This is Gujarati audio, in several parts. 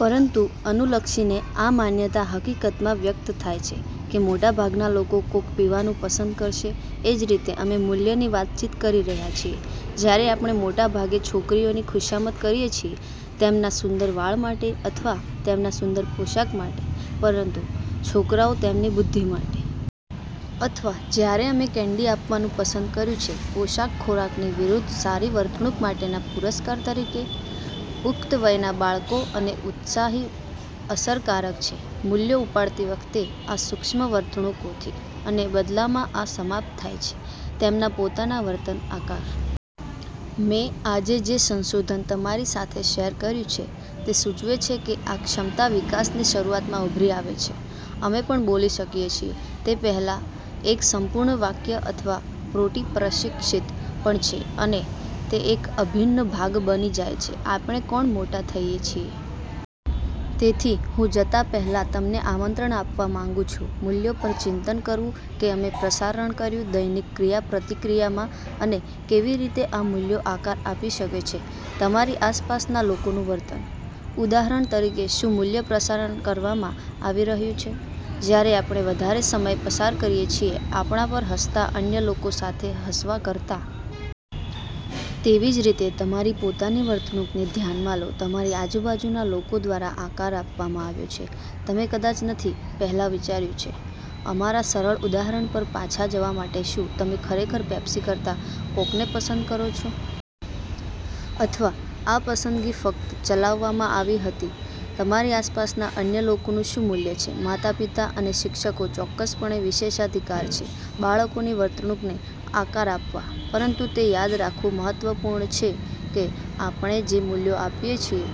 પરંતુ અનુલક્ષીને આ માન્યતા હકીકતમાં વ્યક્ત થાય છે કે મોટાભાગના લોકો કોક પીવાનું પસંદ કરશે. એ જ રીતે, અમે મૂલ્યની વાતચીત કરી રહ્યા છીએ જ્યારે આપણે મોટે ભાગે છોકરીઓની ખુશામત કરીએ છીએ તેમના સુંદર વાળ માટે અથવા તેમના સુંદર પોશાક પરંતુ છોકરાઓ તેમની બુદ્ધિ માટે. અથવા જ્યારે અમે કેન્ડી આપવાનું પસંદ કર્યું છે પોષક ખોરાકની વિરુદ્ધ સારી વર્તણૂક માટેના પુરસ્કાર તરીકે. પુખ્ત વયના અને બાળકો ઉત્સાહી અસરકારક છે મૂલ્યો ઉપાડતી વખતે આ સૂક્ષ્મ વર્તણૂકોથી. અને બદલામાં, આ સમાપ્ત થાય છે તેમના પોતાના વર્તન આકાર. મેં આજે જે સંશોધન તમારી સાથે શેર કર્યું છે તે સૂચવે છે કે આ ક્ષમતા વિકાસની શરૂઆતમાં ઉભરી આવે છે. અમે પણ બોલી શકીએ તે પહેલાં એક સંપૂર્ણ વાક્ય અથવા પોટી-પ્રશિક્ષિત પણ છે અને તે એક અભિન્ન ભાગ બની જાય છે આપણે કોણ મોટા થઈએ છીએ. તેથી હું જતા પહેલાં તમને આમંત્રણ આપવા માંગુ છું મૂલ્યો પર ચિંતન કરવું કે અમે પ્રસારણ કર્યું દૈનિક ક્રિયાપ્રતિક્રિયામાં અને કેવી રીતે આ મૂલ્યો આકાર આપી શકે છે તમારી આસપાસના લોકોનું વર્તન. ઉદાહરણ તરીકે, શું મૂલ્ય પ્રસારણ કરવામાં આવી રહ્યું છે જ્યારે આપણે વધારે સમય પસાર કરીએ છીએ આપણા પર હસતાં અન્ય લોકો સાથે હસવા કરતાં? તેવી જ રીતે, તમારી પોતાની વર્તણૂકને ધ્યાનમાં લો તમારી આજુબાજુના લોકો દ્વારા આકાર આપવામાં આવ્યો છે, તમે કદાચ નથી પહેલાં વિચાર્યું છે. અમારા સરળ ઉદાહરણ પર પાછા જવા માટે શું તમે ખરેખર પેપ્સી કરતા કોકને પસંદ કરો છો? અથવા આ પસંદગી ફક્ત ચલાવવામાં આવી હતી તમારી આસપાસના અન્ય લોકોનું શું મૂલ્ય છે? માતાપિતા અને શિક્ષકો ચોક્કસપણે વિશેષાધિકાર છે બાળકોની વર્તણૂકને આકાર આપવા. પરંતુ તે યાદ રાખવું મહત્વપૂર્ણ છે કે આપણે જે મૂલ્યો આપીએ છીએ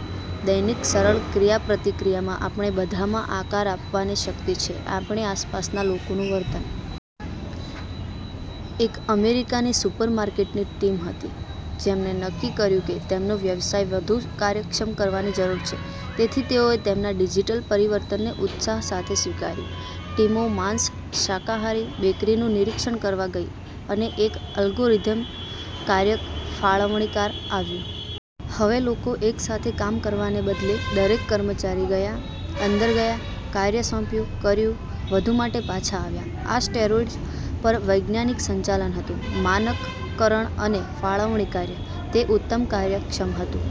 દૈનિક સરળ ક્રિયાપ્રતિક્રિયામાં, આપણે બધામાં આકાર આપવાની શક્તિ છે આપણી આસપાસના લોકોનું વર્તન. એક અમેરિકાની સુપર માર્કેટની ટીમ હતી જેમને નક્કી કર્યું કે તેમનો વ્યવસાય વધુ કાર્યક્ષમ કરવાની જરૂર છે. તેથી તેઓએ તેમના ડિજિટલ પરિવર્તનને ઉત્સાહ સાથે સ્વીકાર્યું. ટીમો માંસ, શાકાહારી, બેકરીનું નિરીક્ષણ કરવા ગઈ અને એક અલ્ગોરિધ્મિક કાર્ય ફાળવણીકાર આવ્યું. હવે, લોકો એક સાથે કામ કરવાને બદલે દરેક કર્મચારી ગયા, અંદર ગયા, કાર્ય સોંપ્યું, કર્યું, વધુ માટે પાછા આવ્યા. આ સ્ટેરોઇડ્સ પર વૈજ્ઞાનિક સંચાલન હતુ માનકકરણ અને ફાળવણી કાર્ય. તે ઉત્તમ કાર્યક્ષમ હતું.